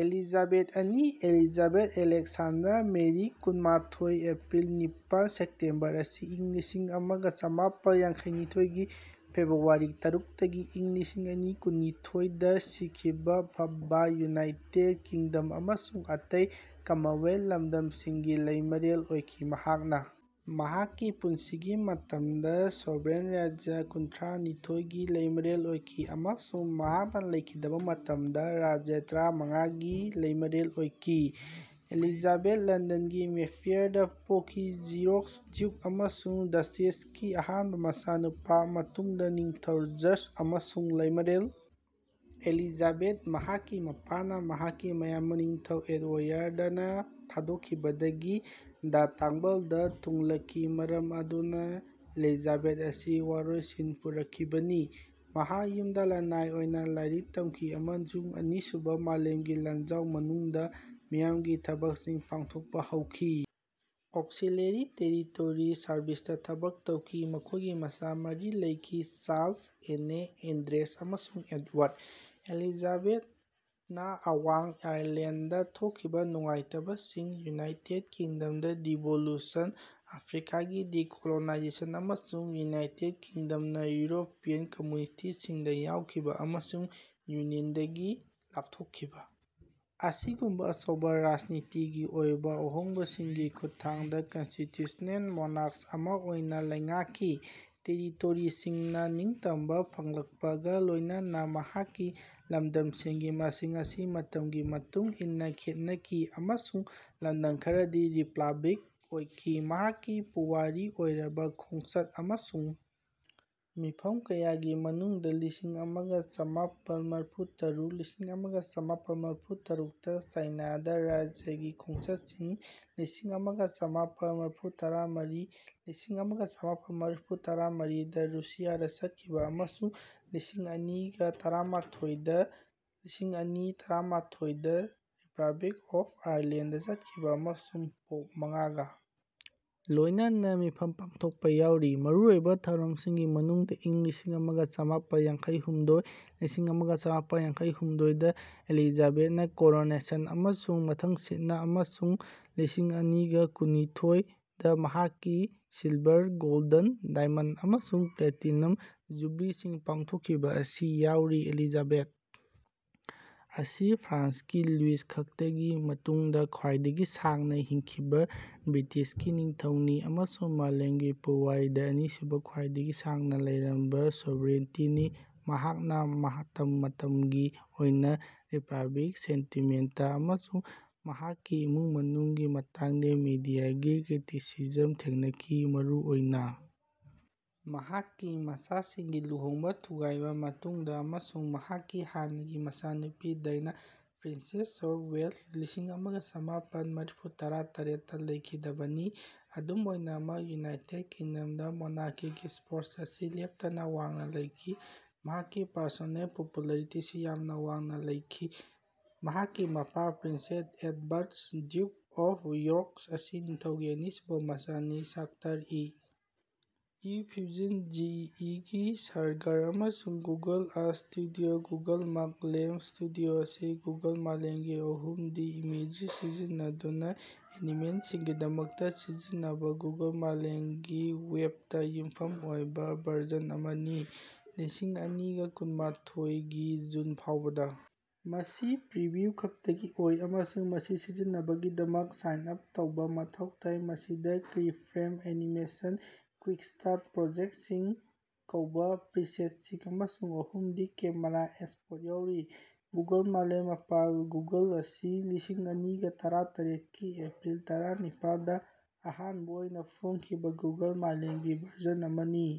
"Elizabeth ꯑꯅꯤ Elizabeth Alexandra Mary ꯀꯨꯟꯃꯊꯣꯢ April ꯅꯤꯄꯥꯜ ꯁꯦꯞꯇꯦꯝꯕꯔ ꯑꯁꯤ ꯢꯪ ꯂꯤꯁꯤꯡꯑꯃꯒ ꯆꯃꯥꯄꯟ ꯌꯥꯡꯈꯩꯅꯤꯊꯣꯢ ꯒꯤ ꯐꯦꯕ꯭ꯔꯨꯋꯥꯔꯤ ꯇꯔꯨꯛ ꯇꯒꯤ ꯢꯪ ꯂꯤꯁꯤꯡꯑꯅꯤꯒꯀꯨꯟꯅꯤꯊꯣꯢ ꯗ ꯁꯤꯈꯤꯕꯥ ꯐꯥꯄꯕꯥ ꯌꯨꯅꯥꯏꯇꯦꯗ ꯀꯤꯡꯗꯝ ꯑꯃꯁꯨꯡ ꯑꯇꯩ ꯀꯃꯟꯋꯦꯜꯊ ꯂꯝꯗꯝꯁꯤꯡ ꯒꯤ ꯂꯩꯃꯔꯦꯜ ꯑꯣꯏꯈꯤ꯫ ꯃꯍꯥꯛꯅꯥ ꯃꯍꯥꯛꯀꯤ ꯄꯨꯟꯁꯤꯒꯤ ꯃꯇꯝꯗ ꯁꯣꯚꯔꯦꯟ ꯔꯥꯖ꯭ꯌ ꯀꯨꯟꯊ꯭ꯔꯥꯅꯤꯊꯣꯢ ꯒꯤ ꯂꯩꯃꯔꯦꯜ ꯑꯣꯏꯈꯤ ꯑꯃꯁꯨꯡ ꯃꯍꯥꯛꯅꯥ ꯂꯩꯈꯤꯗꯕꯥ ꯃꯇꯝꯗ ꯔꯥꯖ꯭ꯌ ꯇꯔꯥꯃꯉꯥ ꯒꯤ ꯂꯩꯃꯔꯦꯜ ꯑꯣꯏꯈꯤ꯫ ꯑꯦꯂꯤꯖꯥꯕꯦꯊ ꯂꯟꯗꯟꯒꯤ ꯃꯦꯐꯦꯌꯔꯗꯥ ꯄꯣꯛꯈꯤ ꯖꯤꯌꯣꯔ꯭ꯛ ꯗ꯭ꯌꯨꯛ ꯑꯃꯁꯨꯡ ꯗꯆꯦꯁꯀꯤ ꯑꯍꯥꯟꯕ ꯃꯆꯥꯅꯨꯄꯥ ꯃꯇꯨꯡꯗ ꯅꯤꯡꯊꯧ ꯖꯔꯖ ꯑꯃꯁꯨꯡ ꯂꯩꯃꯔꯦꯜ ꯑꯦꯂꯤꯖꯥꯕꯦꯊ꯫ ꯃꯍꯥꯛꯀꯤ ꯃꯄꯥꯅꯥ ꯃꯍꯥꯛꯀꯤ ꯃꯌꯥꯝꯕ ꯅꯤꯡꯊꯧ ꯑꯦꯗꯑꯣꯌꯥꯔꯗ ꯅꯥ ꯊꯥꯗꯣꯛꯈꯤꯕꯗꯒꯤ ꯗꯥ ꯇꯥꯡꯕꯜꯗ ꯊꯨꯡꯂꯈꯤ ꯃꯔꯝ ꯑꯗꯨꯅꯥ ꯑꯦꯂꯤꯖꯥꯕꯦꯊ ꯑꯁꯤ ꯋꯥꯔꯣꯏꯁꯤꯟ ꯄꯨꯔꯛꯈꯤꯕꯅꯤ꯫ ꯃꯍꯥꯛ ꯌꯨꯝꯗꯥ ꯂꯅꯥꯏ ꯑꯣꯏꯅ ꯂꯥꯏꯔꯤꯛ ꯇꯝꯈꯤ ꯑꯃꯁꯨꯡ ꯑꯅꯤꯁꯨꯕꯥ ꯃꯥꯂꯦꯝꯒꯤ ꯂꯥꯟꯖꯥꯎ ꯃꯅꯨꯡꯗ ꯃꯤꯌꯥꯝꯒꯤ ꯊꯕꯛꯁꯤꯡ ꯄꯥꯡꯊꯣꯛꯄꯥ ꯍꯧꯈꯤ ꯑꯣꯛꯁꯤꯂꯦꯔꯤ ꯇꯦꯔꯤꯇꯣꯔꯤ ꯁꯔꯚꯤꯁꯇꯥ ꯊꯕꯛ ꯇꯧꯈꯤ꯫ ꯃꯈꯣꯏꯒꯤ ꯃꯆꯥ ꯃꯔꯤ ꯂꯩꯈꯤ ꯆꯥꯔꯂꯁ, ꯑꯦꯟꯅꯦ, ꯑꯦꯟꯗ꯭ꯔꯦꯁ ꯑꯃꯁꯨꯡ ꯑꯦꯗꯋꯥꯔꯗ꯫ ꯑꯦꯂꯤꯖꯥꯕꯦꯊꯅꯥ ꯑꯋꯥꯡ ꯑꯥꯌꯔꯂꯦꯟꯗꯗꯥ ꯊꯣꯛꯈꯤꯕ ꯅꯨꯡꯉꯥꯏꯇꯕꯁꯤꯡ, ꯌꯨꯅꯥꯏꯇꯦꯗ ꯀꯤꯡꯗꯝꯗꯥ ꯗꯤꯚꯣꯂꯨꯁꯟ, ꯑꯐ꯭ꯔꯤꯀꯥꯒꯤ ꯗꯤꯀꯣꯂꯣꯅꯥꯏꯖꯦꯁꯟ ꯑꯃꯁꯨꯡ ꯌꯨꯅꯥꯏꯇꯦꯗ ꯀꯤꯡꯗꯝꯅꯥ ꯌꯨꯔꯣꯄꯤꯌꯟ ꯀꯃꯨꯅꯤꯇꯤꯁꯤꯡꯗꯥ ꯌꯥꯎꯈꯤꯕ ꯑꯃꯁꯨꯡ ꯌꯨꯅꯤꯌꯟꯗꯒꯤ ꯂꯥꯞꯊꯣꯛꯈꯤꯕ ꯑꯁꯤꯒꯨꯝꯕꯥ ꯑꯆꯧꯕ ꯔꯥꯖꯅꯤꯇꯤꯒꯤ ꯑꯣꯏꯕ ꯑꯍꯣꯡꯕꯁꯤꯡꯒꯤ ꯈꯨꯠꯊꯥꯡꯗ ꯀꯟꯁꯇꯤꯇ꯭ꯌꯨꯁ꯭ꯅꯦꯜ ꯃꯣꯅꯥꯔꯛ ꯑꯃꯥ ꯑꯣꯏꯅꯥ ꯂꯩꯉꯥꯛꯈꯤ꯫ ꯇꯦꯔꯤꯇꯣꯔꯤꯁꯤꯡꯅꯥ ꯅꯤꯡꯇꯝꯕ ꯐꯪꯂꯛꯄꯒꯥ ꯂꯣꯏꯅꯅ ꯃꯍꯥꯛꯀꯤ ꯂꯝꯗꯝꯁꯤꯡꯒꯤ ꯃꯁꯤꯡ ꯑꯁꯤ ꯃꯇꯝꯒꯤ ꯃꯇꯨꯡ ꯏꯟꯅꯥ ꯈꯦꯠꯅꯈꯤ ꯑꯃꯁꯨꯡ ꯂꯝꯗꯝ ꯈꯔꯗꯤ ꯔꯤꯄꯕ꯭ꯂꯤꯛ ꯑꯣꯏꯈꯤ꯫ ꯃꯍꯥꯛꯀꯤ ꯄꯨꯋꯥꯔꯤ ꯑꯣꯏꯔꯕ ꯈꯣꯡꯆꯠ ꯑꯃꯁꯨꯡ ꯃꯤꯐꯝ ꯀꯌꯥꯒꯤ ꯃꯅꯨꯡꯗꯥ ꯂꯤꯁꯤꯡꯑꯃꯒ ꯆꯃꯥꯄꯟ ꯃꯔꯤꯐꯨꯇꯔꯨꯛ ꯂꯤꯁꯤꯡꯑꯃꯒ ꯆꯥꯃꯄꯟ ꯃꯔꯤꯐꯨꯇꯔꯨꯛꯇꯥ ꯆꯥꯏꯅꯥꯗ ꯔꯥꯖ꯭ꯌꯒꯤ ꯈꯣꯡꯆꯠꯁꯤꯡ ꯂꯤꯁꯤꯡꯑꯃꯒ ꯆꯃꯥꯄꯟ ꯃꯔꯤꯐꯨꯇꯔꯥꯃꯔꯤ ꯂꯤꯁꯤꯡꯑꯃꯒ ꯆꯥꯃꯄꯟ ꯃꯔꯤꯐꯨꯇꯔꯥꯃꯔꯤ ꯗꯥ ꯔꯨꯁꯤꯌꯥꯗꯥ ꯆꯠꯈꯤꯕ ꯑꯃꯁꯨꯡ ꯂꯤꯁꯤꯡꯑꯅꯤꯒꯇꯔꯥꯃꯊꯣꯢ ꯗ ꯂꯤꯁꯤꯡꯑꯅꯤ ꯇꯔꯥꯃꯊꯣꯢꯒꯗꯥ ꯔꯤꯄꯕ꯭ꯂꯤꯛ ꯑꯣꯐ ꯑꯥꯌꯔꯂꯦꯟꯗꯗꯥ ꯆꯠꯈꯤꯕ ꯑꯃꯁꯨꯡ ꯄꯣꯞ ꯃꯉꯥꯒꯥ ꯂꯣꯏꯅꯅ ꯃꯤꯐꯝ ꯄꯥꯛꯊꯣꯛꯄꯥ ꯌꯥꯎꯔꯤ꯫ ꯃꯔꯨꯑꯣꯏꯕ ꯊꯧꯔꯝꯁꯤꯡꯒꯤ ꯃꯅꯨꯡꯗ ꯢꯪ ꯂꯤꯁꯤꯡꯑꯃꯒ ꯆꯃꯥꯄꯟ ꯌꯥꯡꯈꯩꯍꯨꯝꯗꯣꯢ ꯂꯤꯁꯤꯡꯑꯃꯒ ꯆꯥꯃꯄꯟ ꯌꯥꯡꯈꯩꯍꯨꯝꯗꯣꯢ ꯗꯥ ꯑꯦꯂꯤꯖꯥꯕꯦꯊꯅꯥ ꯀꯣꯔꯣꯅꯦꯁꯟ ꯑꯃꯁꯨꯡ ꯃꯊꯪꯁꯤꯠꯅꯥ ꯑꯃꯁꯨꯡ ꯂꯤꯁꯤꯡꯑꯅꯤꯒꯀꯨꯟꯅꯤꯊꯣꯢ ꯗ ꯃꯍꯥꯛꯀꯤ ꯁꯤꯜꯚꯥꯔ, ꯒꯣꯜꯗꯟ, ꯗꯥꯏꯃꯟꯗ ꯑꯃꯁꯨꯡ ꯄ꯭ꯂꯦꯇꯤꯅꯝ ꯖꯨꯕꯤꯂꯤꯁꯤꯡ ꯄꯥꯡꯊꯣꯛꯈꯤꯕ ꯑꯁꯤ ꯌꯥꯎꯔꯤ꯫ ꯑꯦꯂꯤꯖꯥꯕꯦꯊ ꯑꯁꯤ ꯐ꯭ꯔꯥꯟꯁꯀꯤ ꯂꯨꯏꯁ ꯈꯛꯇꯒꯤ ꯃꯇꯨꯡꯗꯥ ꯈ꯭ꯋꯥꯏꯗꯒꯤ ꯁꯥꯡꯅꯥ ꯍꯤꯡꯈꯤꯕ ꯕ꯭ꯔꯤꯇꯤꯁꯀꯤ ꯅꯤꯡꯊꯧꯅꯤ ꯑꯃꯁꯨꯡ ꯃꯥꯂꯦꯝꯒꯤ ꯄꯨꯋꯥꯔꯤꯗꯥ ꯑꯅꯤꯁꯨꯕ ꯈ꯭ꯋꯥꯏꯗꯒꯤ ꯁꯥꯡꯅꯥ ꯂꯩꯔꯝꯕ ꯁꯣꯚꯔꯦꯟꯇꯤꯅꯤ꯫ ꯃꯍꯥꯛꯅꯥ ꯃꯇꯝ ꯃꯇꯝꯒꯤ ꯑꯣꯏꯅ ꯔꯤꯄꯕ꯭ꯂꯤꯛ ꯁꯦꯟꯇꯤꯃꯦꯟꯇ ꯑꯃꯁꯨꯡ ꯃꯍꯥꯛꯀꯤ ꯏꯃꯨꯡ ꯃꯅꯨꯡꯒꯤ ꯃꯇꯥꯡꯗ ꯃꯤꯗꯤꯌꯥꯒꯤ ꯀ꯭ꯔꯤꯇꯤꯁꯤꯖꯝ ꯊꯦꯡꯅꯈꯤ ꯃꯔꯨꯑꯣꯏꯅ ꯃꯍꯥꯛꯀꯤ ꯃꯆꯥꯁꯤꯡꯒꯤ ꯂꯨꯍꯣꯡꯕ ꯊꯨꯒꯥꯏꯔꯕ ꯃꯇꯨꯡꯗꯥ ꯑꯃꯁꯨꯡ ꯃꯍꯥꯛꯀꯤ ꯍꯥꯟꯅꯒꯤ ꯃꯆꯥꯅꯨꯄꯤ ꯗꯥꯏꯅꯥ, ꯄ꯭ꯔꯤꯟꯁꯦꯁ ꯑꯣꯐ ꯋꯦꯂꯁ ꯂꯤꯁꯤꯡꯑꯃꯒ ꯆꯃꯥꯄꯟ ꯃꯔꯤꯐꯨꯇꯔꯥꯇꯔꯦꯠ ꯇꯥ ꯂꯩꯈꯤꯗꯕꯅꯤ꯫ ꯑꯗꯨꯝ ꯑꯣꯏꯅꯃꯛ ꯌꯨꯅꯥꯏꯇꯦꯗ ꯀꯤꯡꯗꯝꯗꯥ ꯃꯣꯅꯥꯔꯀꯤꯒꯤ ꯁꯄꯣꯔꯠ ꯑꯁꯤ ꯂꯦꯞꯇꯅꯥ ꯋꯥꯡꯅꯥ ꯂꯩꯈꯤ ꯃꯍꯥꯛꯀꯤ ꯄꯔꯁꯣꯅꯦꯜ ꯄꯄꯨꯂꯥꯔꯤꯇꯤꯁꯨ ꯌꯥꯝꯅꯥ ꯋꯥꯡꯅꯥ ꯂꯩꯈꯤ꯫ ꯃꯍꯥꯛꯀꯤ ꯃꯄꯥ prince Albert ,duke of York ꯑꯁꯤ ꯅꯤꯡꯊꯧꯒꯤ ꯑꯅꯤꯁꯨꯕ ꯃꯆꯥꯅꯤ꯫ ꯁ꯭ꯀꯇꯔ E. E. Fusion, G. E. E. ꯒꯤ ꯁꯔꯚꯥꯔ ꯑꯃꯁꯨꯡ ꯒꯨꯒꯜ ꯑꯥꯔꯊ ꯁ꯭ꯇꯨꯗꯤꯑꯣ ꯒꯨꯒꯜ ꯃꯥꯛꯂꯦꯝ ꯁ꯭ꯇꯨꯗꯤꯑꯣ ꯑꯁꯤ ꯒꯨꯒꯜ ꯃꯥꯂꯦꯝꯒꯤ ꯑꯍꯨꯝꯗꯤ ꯏꯃꯦꯖꯔꯤ ꯁꯤꯖꯤꯟꯅꯗꯨꯅꯥ ꯑꯦꯅꯤꯃꯦꯁꯟꯒꯤꯗꯃꯛꯇꯥ ꯁꯤꯖꯤꯟꯅꯕꯥ ꯒꯨꯒꯜ ꯃꯥꯂꯦꯝꯒꯤ ꯋꯦꯕꯇꯥ ꯌꯨꯝꯐꯝ ꯑꯣꯏꯕꯥ ꯚꯔꯖꯟ ꯑꯃꯅꯤ꯫ ꯂꯤꯁꯤꯡꯑꯅꯤꯒꯀꯨꯟꯃꯊꯣꯢ ꯒꯤ ꯖꯨꯟ ꯐꯥꯎꯕꯗꯥ ꯃꯁꯤ ꯄ꯭ꯔꯤꯚꯤꯎ ꯈꯛꯇꯒꯤ ꯑꯣꯏ ꯑꯃꯁꯨꯡ ꯃꯁꯤ ꯁꯤꯖꯤꯟꯅꯅꯕꯒꯤꯗꯃꯛ ꯁꯥꯏꯟ ꯑꯥꯞ ꯇꯧꯕꯥ ꯃꯊꯧ ꯇꯥꯏ꯫ ꯃꯁꯤꯗꯥ ꯀꯤꯐ꯭ꯔꯦꯝ ꯑꯦꯅꯤꯃꯦꯁꯟ "ꯀꯨꯏꯛ-ꯁ꯭ꯇꯥꯔꯠ ꯄ꯭ꯔꯣꯖꯦꯛꯇꯁꯤꯡ" ꯀꯧꯕꯥ ꯄ꯭ꯔꯤꯁꯦꯠꯁꯤꯡ ꯑꯃꯁꯨꯡ ꯑꯍꯨꯝꯗꯤ ꯀꯦꯃꯦꯔꯥ ꯑꯦꯛꯁꯄꯣꯔꯠ ꯌꯥꯎꯔꯤ꯫ ꯒꯨꯒꯜ ꯃꯥꯂꯦꯝ ꯃꯥꯄꯟꯒꯨꯒꯜ ꯑꯁꯤ ꯂꯤꯁꯤꯡꯑꯅꯤꯒꯇꯔꯥꯇꯔꯦꯠ ꯀꯤ ꯑꯦꯄ꯭ꯔꯤꯜ ꯇꯔꯥꯅꯤꯄꯥꯜ ꯗꯥ ꯑꯍꯥꯟꯕꯥ ꯑꯣꯏꯅꯥ ꯐꯣꯡꯈꯤꯕꯥ ꯒꯨꯒꯜ ꯃꯥꯂꯦꯝꯒꯤ ꯚꯔꯖꯟ ꯑꯃꯅꯤ꯫